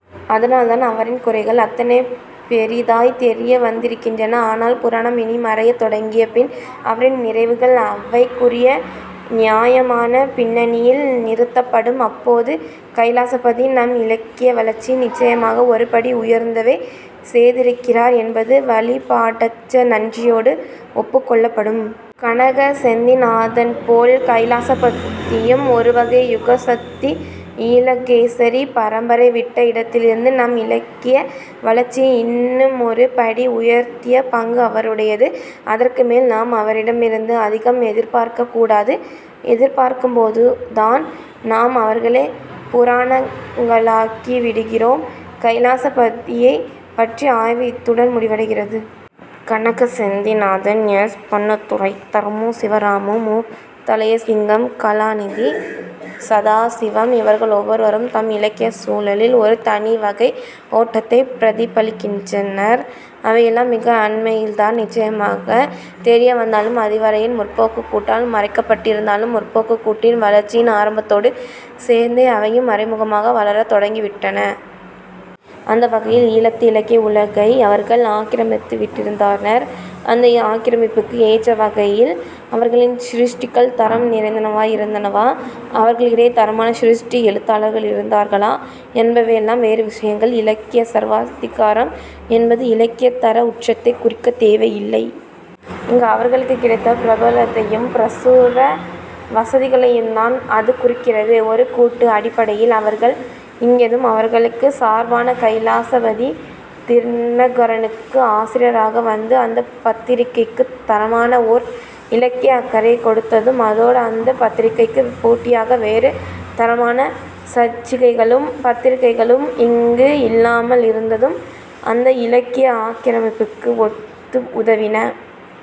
அதனால்தான் அவரின் குறைகள் அத்தனை பெரிதாய்த் தெரிய வந்திருக்கின்றன. ஆனால் புராணம் இனி மறையத் தொடங்கிய பின் அவரின் நிறைவுகள் அவைக்குரிய நியாயமான பின்னணியில் நிறுத்தப்படும். அப்போது கைலாசபதி நம் இலக்கிய வளர்ச்சியை நிச்சயமாக ஒரு படி உயர்ந்தவே செய்திருக்கிறார் என்பது வழிபாடற்ற நன்றியோடு ஒப்புக்கொள்ளப்படும். கனக செந்திநாதன்போல் கைலாசபத்தியும் ஒருவகை யுகசந்தி. 'ஈழகேசரி' பரம்பரை விட்ட இடத்திலிருந்து நம் இலக்கிய வளர்ச்சியை இன்னுமொரு படி உயர்த்திய பங்கு அவருடையது. அதற்கு மேல் நாம் அவரிடமிருந்து அதிகம் எதிர்பார்க்கக் கூடாது. எதிர்பார்க்கும்போதுதான் நாம் அவர்களைப் புராணங்களாக்கி விடுகிறோம். கைலாசபதியைப் பற்றிய ஆய்வு இத்துடன் முடிவடைகிறது. கனக செந்திநாதன், எஸ். பொன்னுத்துரை, தர்மு சிவராமு, மு. தளையசிங்கம், கலாநிதி சதாசிவம். இவர்கள் ஒவ்வொருவரும் நம் இலக்கியச் சூழலில் ஒரு தனி வகை ஓட்டத்தைப் பிரதிபலிக்கின்றனர். அவையெல்லாம் மிக அண்மையில்தான் நிச்சயமாகத் தெரிய வந்தாலும் அதுவரையும் 'முற்போக்கு'க் கூட்டால் மறைக்கப்பட்டிருந்தாலும் 'முற்போக்கு'க் கூட்டின் வளர்ச்சியின் ஆரம்பத்தோடு சேர்ந்தே அவையும் மறைமுகமாக வளரத் தொடங்கிவிட்டன. அந்த வகையில் ஈழத்து இலக்கிய உலகை அவர்கள் ஆக்கிரமித்துவிட்டிருந்தனர். அந்த ஆக்கிரமிப்புக்கு எற்ற வகையில் அவர்களின் சிருஷ்டிகள் தரம் நிறைந்தனவாய் இருந்தனவா, அவர்களிடையே தரமான சிருஷ்டி எழுத்தாளர்கள் இருந்தார்களா என்பவை எல்லாம் வேறு விசயங்கள். இலக்கியச் சர்வாதிகாரம் என்பது இலக்கியத் தர உச்சத்தைக் குறிக்கத் தேவையில்லை. இங்கு அவர்களுக்குக் கிடைத்த பிரபல்யத்தையும் பிரசுர வசதிகளையுந்தான் அது குறிக்கிறது. ஒரு கூட்டு அடிப்படையில் அவர்கள் இயங்கியதும், அவர்களுக்குச் சார்பான கைலாசபதி 'தினகரனு'க்கு ஆசிரியராக வந்து அந்தப் பத்திரிகைக்குத் தரமான ஒர் இலக்கிய அக்கறையைக் கொடுத்ததும், அதோடு அந்தப் பத்திரிகைக்குப் போட்டியாக வேறு தரமான சஞ்சிகைகளும் பத்திரிகைகளும் இங்கு இல்லாமல் இருந்ததும் அந்த இலக்கிய ஆக்கிரமிப்புக்கு ஒத்து உதவின.